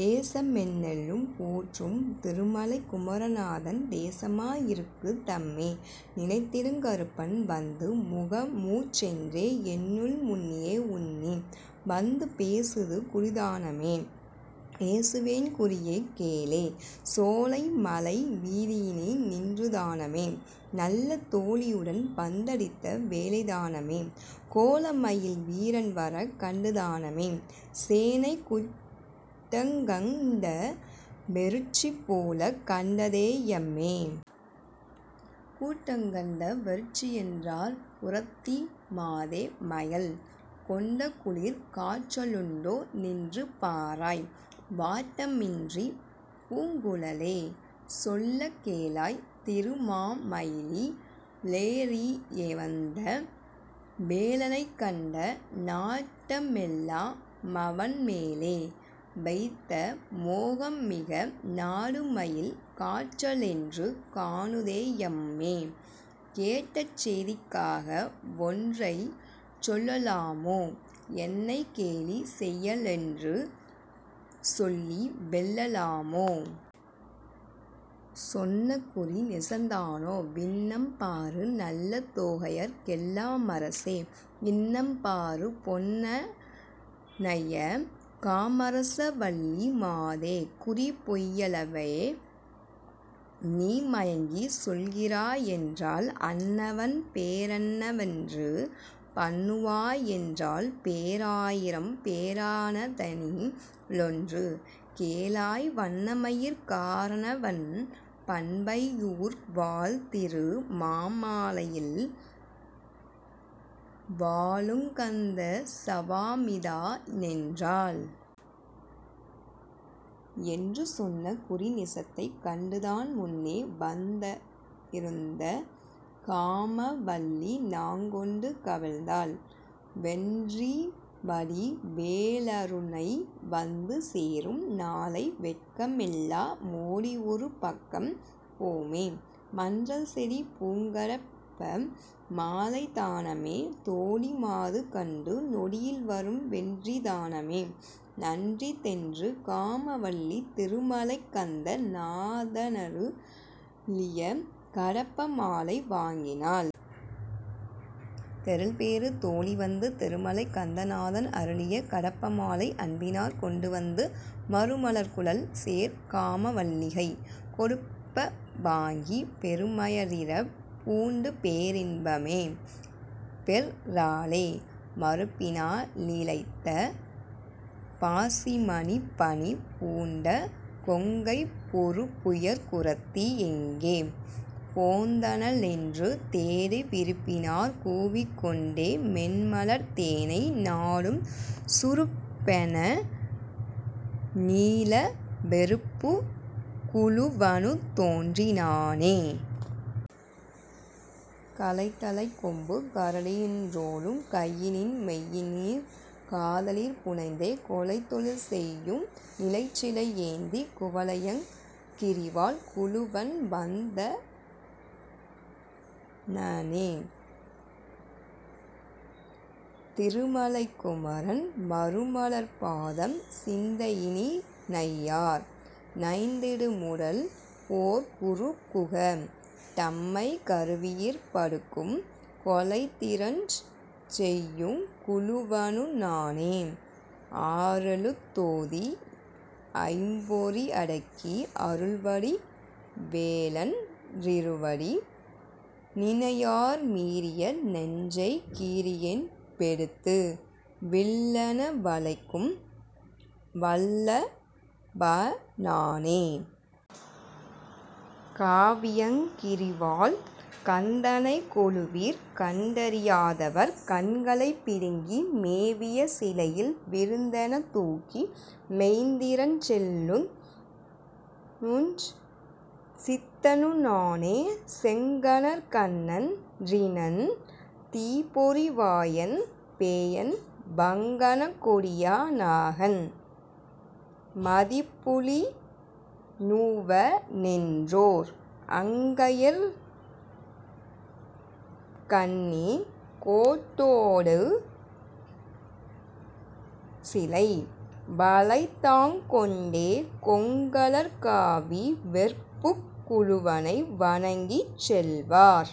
தேசமெண்ணேழும் போற்றும் திருமலைக் குமர நாதன் தேசமா யிருக்கு தம்மே நினைத்திடுங் கறுப்பன் வந்து மூகமூ சென்றே யென்னுள் முன்னியே யுன்னி வந்து பேசுது குறிதா னம்மே பேசுவேன் குறியைக் கேளே..... சோலைமலை வீதியினீ நின்றுதானம்மே நல்ல தோழியுடன் பந்தடித்த வேளைதானம்மே கோலமயில் வீரன்வரக் கண்டுதானம்மே சேனைக் கூட்டங்கண்ட வெருட்சிபோலக் கண்டதே யம்மே. கூட்டங்கண்ட வெருட்சியென்றார் குறத்தி மாதே மயல் கொண்டகுளிர் காச்சலுண்டோ நின்று பாராய் வாட்டமின்றிப் பூங்குழலே சொல்லக் கேளாய் திரு மாமயிலி லேறிவந்த வேலனைக் கண்டே. நாட்டமெல்லா மவன்மேலே வைத்த மோகம் மிக நாடுமயல் காச்சலென்று காணுதே யம்மே கேட்டசெய்திக் காகவொன்றைச் சொல்லலாமோ என்னைக் கேலிசெய்ய லென்றுசொல்லி வெல்ல லாமோ. சொன்னகுறி நிசந்தானோ வின்னம் பாரு நல்ல தோகையர்க்கெல் லாமரசே யின்னம் பாரு பொன்னனைய காமரச வல்லி மாதே குறி பொய்யலவே நீமயங்கிச் சொல்கிறா யென்றாள். அன்னவன் பேரென்னவென்று பன்னுவா யென்றாள் பேர் ஆயிரம் பேரானதனி லொன்று கேளாய் வண்ணமயிற் காரனவன் பண்பை யூர்வாழ் திரு மாமலையில் வாழுங்கந்த சவாமிதா னென்றாள். என்று சொன்ன குறிநிசத்தைக் கண்டுதான் முன்னே வந் திருந்தகாம வல்லிநாணங் கொண்டு கவிழ்ந்தாள் வென்றிவடி வேலருன்னை வந்து சேரும் நாளை வெட்கமெல்லா மோடியொரு பக்கம் போமே. மன்றல்செறி பூங்கடப்ப மாலைதா னம்மே தோழி மாதுகொண்டு நொடியில்வரும் வென்றிதா னம்மே நன்றிதென்று காமவல்லி திருமலைக் கந்த நாதனரு ளியகடப்ப மாலை வாங்கினாள்..... தெருள்பெறு தோழி வந்து திருமலைக் கந்த நாதன் அருளிய கடப்ப மாலை அன்பினாற் கொண்டு வந்து மருமலர்க் குழல்சேர் காம வல்லிகைக் கொடுப்ப வாங்கி பெருமய றீரப் பூண்டு பேரின்ப மேபெற் றாளே..... மருப்பினா லிழைத்த பாசி மணிப்பணி பூண்ட கொங்கைப் பொருப்புயர் குறத்தி யெங்கே போந்தன ளென்று தேடி விருப்பினாற் கூவிக் கொண்டே மென்மலர்த் தேனை நாடும் சுருப்பென நீல வெற்ருபுக் குளுவனுந் தோன்றி னானே..... கலைத்தலைக் கொம்புங் கரடியின் றோலும் கையினின் மெய்யினிற் காதலிற் புனைந்தே கொலைத்தொழில் செய்யு நிலைச்சிலை யேந்திக் குவளையங் கிரிவாழ் குளுவன்வந் தனனே. திருமலைக் குமரன் மருமலர்ப் பாதம் சிந்தையி னினையார் நைந்திடு முடல்போற் குருகுக டம்மைக் கருவியிற் படுக்கும் கொலைத்திறஞ் செய்யுங் குளுவனு நானே. ஆறெழுத் தோதி யைம்பொறி யடக்கி அருள்வடி வேலன் றிருவடி நினையார் மீறிய நெஞ்சைக் கீறியென் பெடுத்து வில்லென வளைக்கும் வல்லவ னானே. காவியங் கிரிவாழ் கந்தனைக் கொலுவிற் கண்டறி யாதவர் கண்களைப் பிடுங்கி மேவிய சிலையில் விருதெனத் தூக்கி மெய்த்திறஞ் செலுத்துஞ் சித்தனு நானே...... செங்கணற் கண்ணன் றிண்ணன் தீப்பொறி வாயன் பேயன் வங்கணக் கொடிய னாகன் மதிப்புலி நூவ னென்றோர் அங்கையிற் கண்ணி கோட்டோ டடுசிலை வலைதாங் கொண்டே கொங்கலர் காவி வெற்புக் குளுவனை வணங்கிச் செல்வார்.....